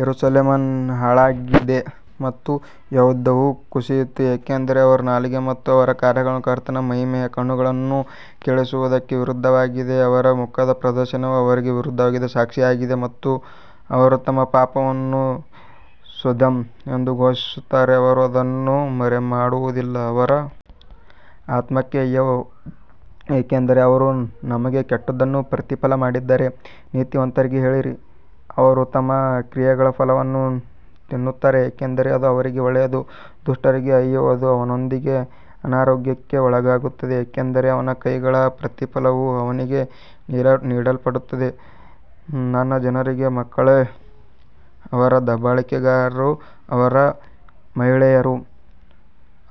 ಯೆರೂಸಲೇಮ್ ಹಾಳಾಗಿದೆ ಮತ್ತು ಯೆಹೂದವು ಕುಸಿಯಿತು ಏಕೆಂದರೆ ಅವರ ನಾಲಿಗೆ ಮತ್ತು ಅವರ ಕಾರ್ಯಗಳು ಕರ್ತನ ಮಹಿಮೆಯ ಕಣ್ಣುಗಳನ್ನು ಕೆರಳಿಸುವದಕ್ಕೆ ವಿರುದ್ಧವಾಗಿವೆ. ಅವರ ಮುಖದ ಪ್ರದರ್ಶನವು ಅವರಿಗೆ ವಿರುದ್ಧವಾಗಿ ಸಾಕ್ಷಿಯಾಗಿದೆ ಮತ್ತು ಅವರು ತಮ್ಮ ಪಾಪವನ್ನು ಸೊದೋಮ್ ಎಂದು ಘೋಷಿಸುತ್ತಾರೆ ಅವರು ಅದನ್ನು ಮರೆಮಾಡುವುದಿಲ್ಲ ಅವರ ಆತ್ಮಕ್ಕೆ ಅಯ್ಯೋ ಏಕೆಂದರೆ ಅವರು ತಮಗೇ ಕೆಟ್ಟದ್ದನ್ನು ಪ್ರತಿಫಲ ಮಾಡಿದ್ದಾರೆ ನೀತಿವಂತರಿಗೆ ಹೇಳಿರಿ, ಅವರು ತಮ್ಮ ಕ್ರಿಯೆಗಳ ಫಲವನ್ನು ತಿನ್ನುತ್ತಾರೆ ಏಕೆಂದರೆ ಅದು ಅವರಿಗೆ ಒಳ್ಳೆಯದು ದುಷ್ಟರಿಗೆ ಅಯ್ಯೋ ಅದು ಅವನೊಂದಿಗೆ ಅನಾರೋಗ್ಯಕ್ಕೆ ಒಳಗಾಗುತ್ತದೆ ಏಕೆಂದರೆ ಅವನ ಕೈಗಳ ಪ್ರತಿಫಲವು ಅವನಿಗೆ ನೀಡಲ್ಪಡುತ್ತದೆ ನನ್ನ ಜನರಿಗೆ ಮಕ್ಕಳೇ ಅವರ ದಬ್ಬಾಳಿಕೆಗಾರರು ಮತ್ತು ಮಹಿಳೆಯರು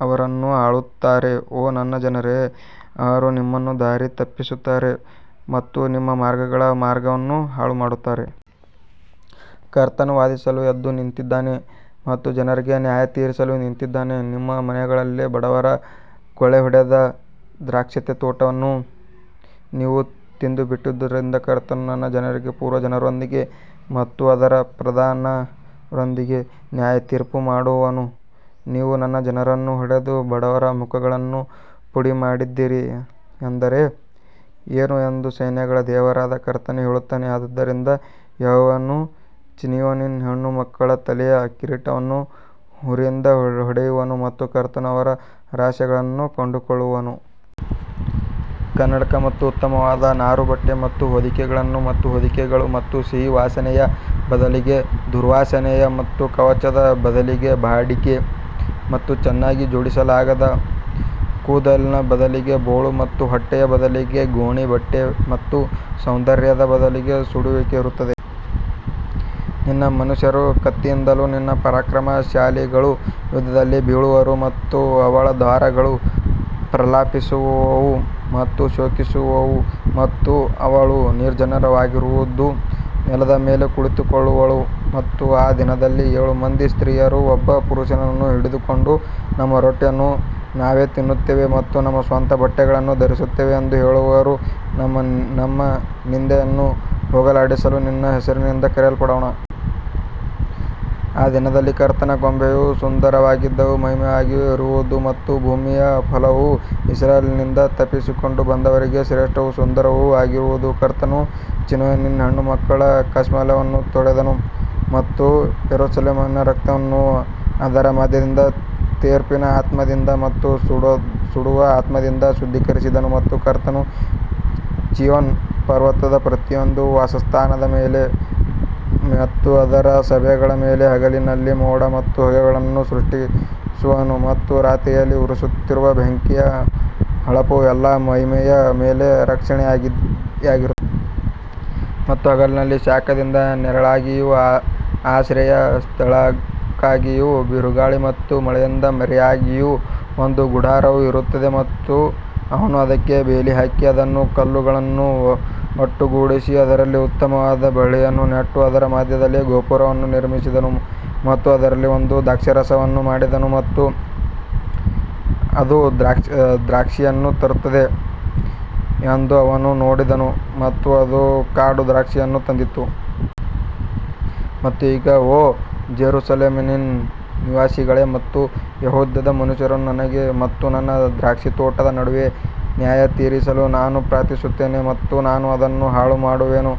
ಅವರನ್ನು ಆಳುತ್ತಾರೆ ಓ ನನ್ನ ಜನರೇ ಅವರು ನಿಮ್ಮನ್ನು ದಾರಿ ತಪ್ಪಿಸುತ್ತಾರೆ ಮತ್ತು ನಿಮ್ಮ ಮಾರ್ಗಗಳ ಮಾರ್ಗವನ್ನು ಹಾಳುಮಾಡುತ್ತಾರೆ. ಕರ್ತನು ವಾದಿಸಲು ಎದ್ದು ನಿಂತಿದ್ದಾನೆ ಮತ್ತು ಜನರಿಗೆ ನ್ಯಾಯತೀರಿಸಲು ನಿಂತಿದ್ದಾನೆ ನಿಮ್ಮ ಮನೆಗಳಲ್ಲಿ ಬಡವರ ಕೊಳ್ಳೆಹೊಡೆದ ದ್ರಾಕ್ಷೇತೋಟವನ್ನು ನೀವು ತಿಂದುಬಿಟ್ಟಿರುವದರಿಂದ ಕರ್ತನು ತನ್ನ ಜನರ ಪೂರ್ವಜರೊಂದಿಗೆ ಮತ್ತು ಅದರ ಪ್ರಧಾನರೊಂದಿಗೆ ನ್ಯಾಯತೀರ್ಪು ಮಾಡುವನು. ನೀವು ನನ್ನ ಜನರನ್ನು ಹೊಡೆದು ಬಡವರ ಮುಖಗಳನ್ನು ಪುಡಿಮಾಡಿದಿರಿ ಎಂದರೆ ಏನು ಎಂದು ಸೈನ್ಯಗಳ ದೇವರಾದ ಕರ್ತನು ಹೇಳುತ್ತಾನೆ ಆದದರಿಂದ ಯೆಹೋವನು ಚೀಯೋನಿನ ಹೆಣ್ಣುಮಕ್ಕಳ ತಲೆಯ ಕಿರೀಟವನ್ನು ಹುರಿಯಿಂದ ಹೊಡೆಯುವನು ಮತ್ತು ಕರ್ತನು ಅವರ ರಹಸ್ಯಗಳನ್ನು ಕಂಡುಕೊಳ್ಳುವನು. ಕನ್ನಡಕ ಮತ್ತು ಉತ್ತಮವಾದ ನಾರುಬಟ್ಟೆ ಮತ್ತು ಹೊದಿಕೆಗಳು ಮತ್ತು ಹೊದಿಕೆಗಳು ಮತ್ತು ಸಿಹಿ ವಾಸನೆಯ ಬದಲಿಗೆ ದುರ್ವಾಸನೆ ಮತ್ತು ಕವಚದ ಬದಲಿಗೆ ಬಾಡಿಗೆ ಮತ್ತು ಚೆನ್ನಾಗಿ ಜೋಡಿಸಲಾದ ಕೂದಲಿನ ಬದಲಿಗೆ ಬೋಳು ಮತ್ತು ಹೊಟ್ಟೆಯ ಬದಲಿಗೆ ಗೋಣಿ ಬಟ್ಟೆ ಮತ್ತು ಸೌಂದರ್ಯದ ಬದಲಿಗೆ ಸುಡುವಿಕೆ ಇರುತ್ತದೆ. ನಿನ್ನ ಮನುಷ್ಯರು ಕತ್ತಿಯಿಂದಲೂ ನಿನ್ನ ಪರಾಕ್ರಮಶಾಲಿಗಳೂ ಯುದ್ಧದಲ್ಲಿ ಬೀಳುವರು ಮತ್ತು ಅವಳ ದ್ವಾರಗಳು ಪ್ರಲಾಪಿಸುವವು ಮತ್ತು ಶೋಕಿಸುವವು ಮತ್ತು ಅವಳು ನಿರ್ಜನವಾಗಿರುವದು ನೆಲದ ಮೇಲೆ ಕುಳಿತುಕೊಳ್ಳುವಳು ಮತ್ತು ಆ ದಿನದಲ್ಲಿ ಏಳು ಮಂದಿ ಸ್ತ್ರೀಯರು ಒಬ್ಬ ಪುರುಷನನ್ನು ಹಿಡಿದುಕೊಂಡು ನಮ್ಮ ರೊಟ್ಟಿಯನ್ನು ನಾವೇ ತಿನ್ನುತ್ತೇವೆ ಮತ್ತು ನಮ್ಮ ಸ್ವಂತ ಬಟ್ಟೆಗಳನ್ನು ಧರಿಸುತ್ತೇವೆ ಎಂದು ಹೇಳುವರು, ನಮ್ಮ ನಿಂದೆಯನ್ನು ಹೋಗಲಾಡಿಸಲು ನಿನ್ನ ಹೆಸರಿನಿಂದ ಕರೆಯಲ್ಪಡೋಣ. ಆ ದಿನದಲ್ಲಿ ಕರ್ತನ ಕೊಂಬೆಯು ಸುಂದರವೂ ಮಹಿಮೆಯೂ ಇರುವದು ಮತ್ತು ಭೂಮಿಯ ಫಲವು ಇಸ್ರಾಯೇಲಿನಿಂದ ತಪ್ಪಿಸಿಕೊಂಡು ಬಂದವರಿಗೆ ಶ್ರೇಷ್ಠವೂ ಸುಂದರವೂ ಆಗಿರುವುದು. ಕರ್ತನು ಚೀಯೋನಿನ ಹೆಣ್ಣುಮಕ್ಕಳ ಕಲ್ಮಶವನ್ನು ತೊಳೆದನು ಮತ್ತು ಯೆರೂಸಲೇಮಿನ ರಕ್ತವನ್ನು ಅದರ ಮಧ್ಯದಿಂದ ತೀರ್ಪಿನ ಆತ್ಮದಿಂದ ಮತ್ತು ಸುಡುವ ಆತ್ಮದಿಂದ ಶುದ್ಧೀಕರಿಸಿದನು. ಮತ್ತು ಕರ್ತನು ಚೀಯೋನ್ ಪರ್ವತದ ಪ್ರತಿಯೊಂದು ವಾಸಸ್ಥಾನದ ಮೇಲೆ ಮತ್ತು ಅದರ ಸಭೆಗಳ ಮೇಲೆ ಹಗಲಿನಲ್ಲಿ ಮೋಡ ಮತ್ತು ಹೊಗೆಯನ್ನು ಸೃಷ್ಟಿಸುವನು ಮತ್ತು ರಾತ್ರಿಯಲ್ಲಿ ಉರಿಯುತ್ತಿರುವ ಬೆಂಕಿಯ ಹೊಳಪು ಎಲ್ಲಾ ಮಹಿಮೆಯ ಮೇಲೆ ರಕ್ಷಣೆಯಾಗಿರುತ್ತದೆ. ಮತ್ತು ಹಗಲಿನಲ್ಲಿ ಶಾಖದಿಂದ ನೆರಳಿಗಾಗಿಯೂ ಆಶ್ರಯ ಸ್ಥಳಕ್ಕಾಗಿಯೂ ಬಿರುಗಾಳಿ ಮತ್ತು ಮಳೆಯಿಂದ ಮರೆಯಾಗಿಯೂ ಒಂದು ಗುಡಾರವು ಇರುತ್ತದೆ. ಮತ್ತು ಅವನು ಅದಕ್ಕೆ ಬೇಲಿ ಹಾಕಿ ಅದರ ಕಲ್ಲುಗಳನ್ನು ಒಟ್ಟುಗೂಡಿಸಿ ಅದರಲ್ಲಿ ಉತ್ತಮವಾದ ಬಳ್ಳಿಯನ್ನು ನೆಟ್ಟು ಅದರ ಮಧ್ಯದಲ್ಲಿ ಗೋಪುರವನ್ನು ನಿರ್ಮಿಸಿದನು ಮತ್ತು ಅದರಲ್ಲಿ ಒಂದು ದ್ರಾಕ್ಷಾರಸವನ್ನು ಮಾಡಿದನು ಮತ್ತು ಅದು ದ್ರಾಕ್ಷಿಯನ್ನು ತರುತ್ತದೆ ಎಂದು ಅವನು ನೋಡಿದನು ಮತ್ತು ಅದು ಕಾಡು ದ್ರಾಕ್ಷಿಯನ್ನು ತಂದಿತು. ಮತ್ತು ಈಗ ಓ ಜೆರುಸಲೇಮಿನ ನಿವಾಸಿಗಳೇ ಮತ್ತು ಯೆಹೂದದ ಮನುಷ್ಯರು ನನಗೆ ಮತ್ತು ನನ್ನ ದ್ರಾಕ್ಷಿತೋಟದ ನಡುವೆ ನ್ಯಾಯತೀರಿಸಲು ನಾನು ಪ್ರಾರ್ಥಿಸುತ್ತೇನೆ ಮತ್ತು ನಾನು ಅದನ್ನು ಹಾಳುಮಾಡುವೆನು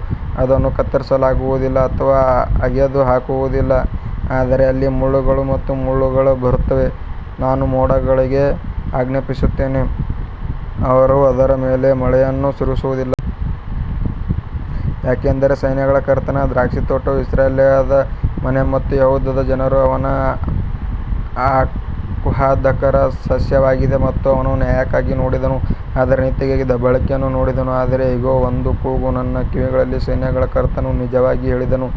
ಅದನ್ನು ಕತ್ತರಿಸಲಾಗುವುದಿಲ್ಲ ಅಥವಾ ಅಗೆದು ಹಾಕಲಾಗುವುದಿಲ್ಲ ಆದರೆ ಅಲ್ಲಿ ಮುಳ್ಳುಗಳು ಮತ್ತು ಮುಳ್ಳುಗಳು ಬರುತ್ತವೆ, ನಾನು ಮೋಡಗಳಿಗೆ ಆಜ್ಞಾಪಿಸುತ್ತೇನೆ ಅವರು ಅದರ ಮೇಲೆ ಮಳೆಯನ್ನು ಸುರಿಸುವುದಿಲ್ಲ. ಯಾಕಂದರೆ ಸೈನ್ಯಗಳ ಕರ್ತನ ದ್ರಾಕ್ಷಿತೋಟವು ಇಸ್ರಾಯೇಲ್ಯರ ಮನೆ ಮತ್ತು ಯೆಹೂದದ ಜನರು ಅವನ ಆಹ್ಲಾದಕರ ಸಸ್ಯವಾಗಿದೆ ಮತ್ತು ಅವನು ನ್ಯಾಯಕ್ಕಾಗಿ ನೋಡಿದನು ಆದರೆ ನೀತಿಗಾಗಿ ದಬ್ಬಾಳಿಕೆಯನ್ನು ನೋಡಿದನು ಆದರೆ ಇಗೋ ಒಂದು ಕೂಗು ನನ್ನ ಕಿವಿಗಳಲ್ಲಿ ಸೈನ್ಯಗಳ ಕರ್ತನು ನಿಜವಾಗಿ ಹೇಳಿದನು,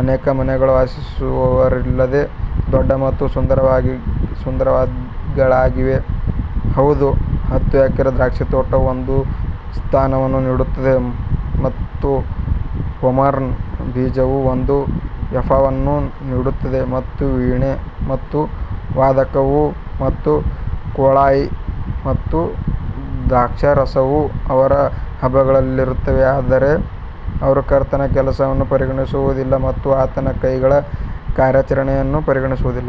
ಅನೇಕ ಮನೆಗಳು ವಾಸಿಸುವವರಿಲ್ಲದೆ ದೊಡ್ಡ ಮತ್ತು ಸುಂದರವಾದವುಗಳಾಗಿವೆ ಹೌದು ಹತ್ತು ಎಕರೆ ದ್ರಾಕ್ಷಿತೋಟವು ಒಂದು ಸ್ನಾನವನ್ನು ನೀಡುತ್ತದೆ ಮತ್ತು ಹೋಮರ್ನ ಬೀಜವು ಒಂದು ಎಫಾವನ್ನು ನೀಡುತ್ತದೆ ಮತ್ತು ವೀಣೆ ಮತ್ತು ವಾದಕವು ಮತ್ತು ಕೊಳಾಯಿ ಮತ್ತು ದ್ರಾಕ್ಷಾರಸವು ಅವರ ಹಬ್ಬಗಳಲ್ಲಿರುತ್ತವೆ ಆದರೆ ಅವರು ಕರ್ತನ ಕೆಲಸವನ್ನು ಪರಿಗಣಿಸುವುದಿಲ್ಲ ಮತ್ತು ಆತನ ಕೈಗಳ ಕಾರ್ಯಾಚರಣೆಯನ್ನು ಪರಿಗಣಿಸುವುದಿಲ್ಲ.